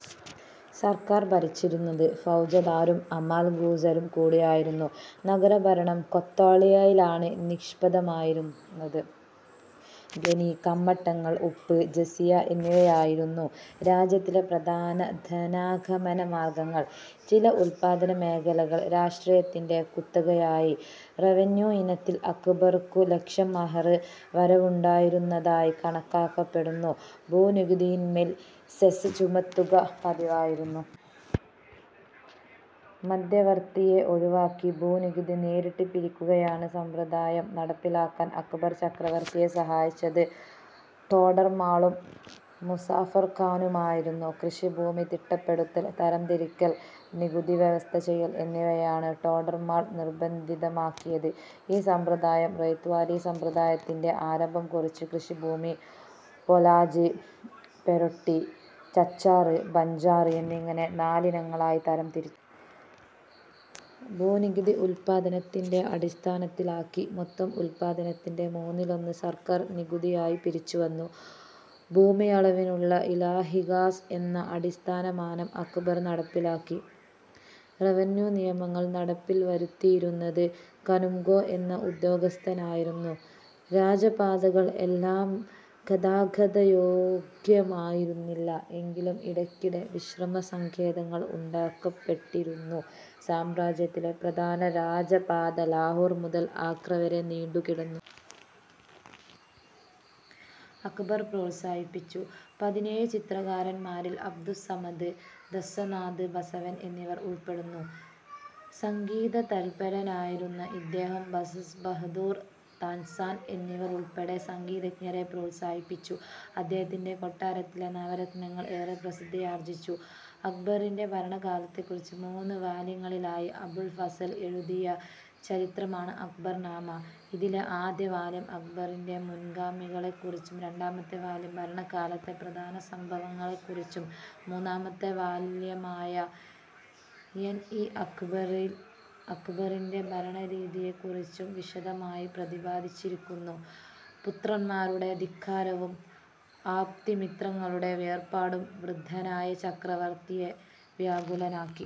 സർക്കാർ ഭരിച്ചിരുന്നത് ഫൌജ്ദാരും അമാൽ ഗുസരും കൂടിയായിരുന്നു. നഗരഭരണം കൊത്ത്വാളിലാണ് നിക്ഷിപ്തമായിരുന്നത്. ഖനി, കമ്മട്ടങ്ങൾ, ഉപ്പ്, ജസിയ എന്നിവയായിരുന്നു രാജ്യത്തിലെ പ്രധാന ധനാഗമന മാർഗങ്ങൾ. ചില ഉത്പാദനമേഖലകൾ രാഷ്ട്രത്തിന്റെ കുത്തകയായി. റവന്യൂ ഇനത്തിൽ അക്ബർക്കു ലക്ഷം മോഹർ വരവുണ്ടായിരുന്നതായി കണക്കാക്കപ്പെടുന്നു. ഭൂനികുതിയിന്മേൽ 'സെസ്സ്' ചുമത്തുക പതിവായിരുന്നു. മധ്യവർത്തിയെ ഒഴിവാക്കി ഭൂനികുതി നേരിട്ടു പിരിക്കുകയെന്ന സമ്പ്രദായം നടപ്പിലാക്കാൻ അക്ബർ ചക്രവർത്തിയെ സഹായിച്ചത് ടോഡർമാളും മുസഫർഖാനുമായിരുന്നു. കൃഷിഭൂമി തിട്ടപ്പെടുത്തൽ, തരംതിരിക്കൽ, നികുതി വ്യവസ്ഥ ചെയ്യൽ എന്നിവയാണ് ടോഡർമാൾ നിർബന്ധിതമാക്കിയത്. ഈ സമ്പ്രദായം 'റയത്ത്വാരി' സമ്പ്രദായത്തിന്റെ ആരംഭം കുറിച്ചു. കൃഷിഭൂമി 'പോലാജ്'; 'പരൌട്ടി'; 'ചച്ചാർ' ബൻജാർ എന്നിങ്ങനെ നാലിനങ്ങളായി തരംതിരിച്ചു. ഭൂനികുതി ഉത്പാദനത്തിന്റെ അടിസ്ഥാനത്തിലാക്കി. മൊത്തം ഉത്പാദനത്തിന്റെ മൂന്നിലൊന്ന് സർക്കാർ നികുതിയായി പിരിച്ചുവന്നു. ഭൂമിയളവിനുള്ള 'ഇലാഹിഗാസ' എന്ന അടിസ്ഥാനമാനം അക്ബർ നടപ്പാക്കി. റവന്യൂ നിയമങ്ങൾ നടപ്പിൽ വരുത്തിയിരുന്നത് 'കനുംഗോ' എന്ന ഉദ്യോഗസ്ഥനായിരുന്നു. രാജപാതകൾ എല്ലാം ഗതാഗതയോഗ്യമായിരുന്നില്ല. എങ്കിലും ഇടയ്ക്കിടെ വിശ്രമസങ്കേതങ്ങൾ ഉണ്ടാക്കപ്പെട്ടിരുന്നു. സാമ്രാജ്യത്തിലെ പ്രധാന രാജപാത ലാഹോർ മുതൽ ആഗ്രവരെ നീണ്ടുകിടന്നു. അക്ബർ പ്രോത്സാഹിപ്പിച്ച പതിനേഴു ചിത്രകാരന്മാരിൽ അബ്ദുസ്സമദ്, ദസ്വനാഥ്, ബസവൻ എന്നിവർ ഉൾപ്പെടുന്നു. സംഗീതതത്പരനായിരുന്ന ഇദ്ദേഹം ബസ്ബഹദൂർ, താൻസൻ എന്നിവരുൾപ്പെടെ സംഗീതജ്ഞരെ പ്രോത്സാഹിപ്പിച്ചു. അദ്ദേഹത്തിന്റെ കൊട്ടാരത്തിലെ നവരത്നങ്ങൾ ഏറെ പ്രസിദ്ധിയാർജിച്ചു: അക്ബറിന്റെ ഭരണകാലത്തെക്കുറിച്ച് മൂന്നു വാല്യങ്ങളിലായി അബുൾ ഫസൽ, എഴുതിയ ചരിത്രമാണ് അക്ബർ നാമ. ഇതിലെ ആദ്യവാല്യം അക്ബറിന്റെ മുൻഗാമികളെക്കുറിച്ചും രണ്ടാമത്തെ വാല്യം ഭരണകാലത്തെ പ്രധാന സംഭവങ്ങളെക്കുറിച്ചും, മൂന്നാമത്തെ വാല്യമായ ഐൻ ഇ അക്ബറിയിൽ അക്ബറിന്റെ ഭരണരീതിയെക്കുറിച്ചും വിശദമായി പ്രതിപാദിച്ചിരിക്കുന്നു പുത്രന്മാരുടെ ധിക്കാരവും ആപ്തമിത്രങ്ങളുടെ വേർപാടും വൃദ്ധനായ ചക്രവർത്തിയെ വ്യാകുലനാക്കി.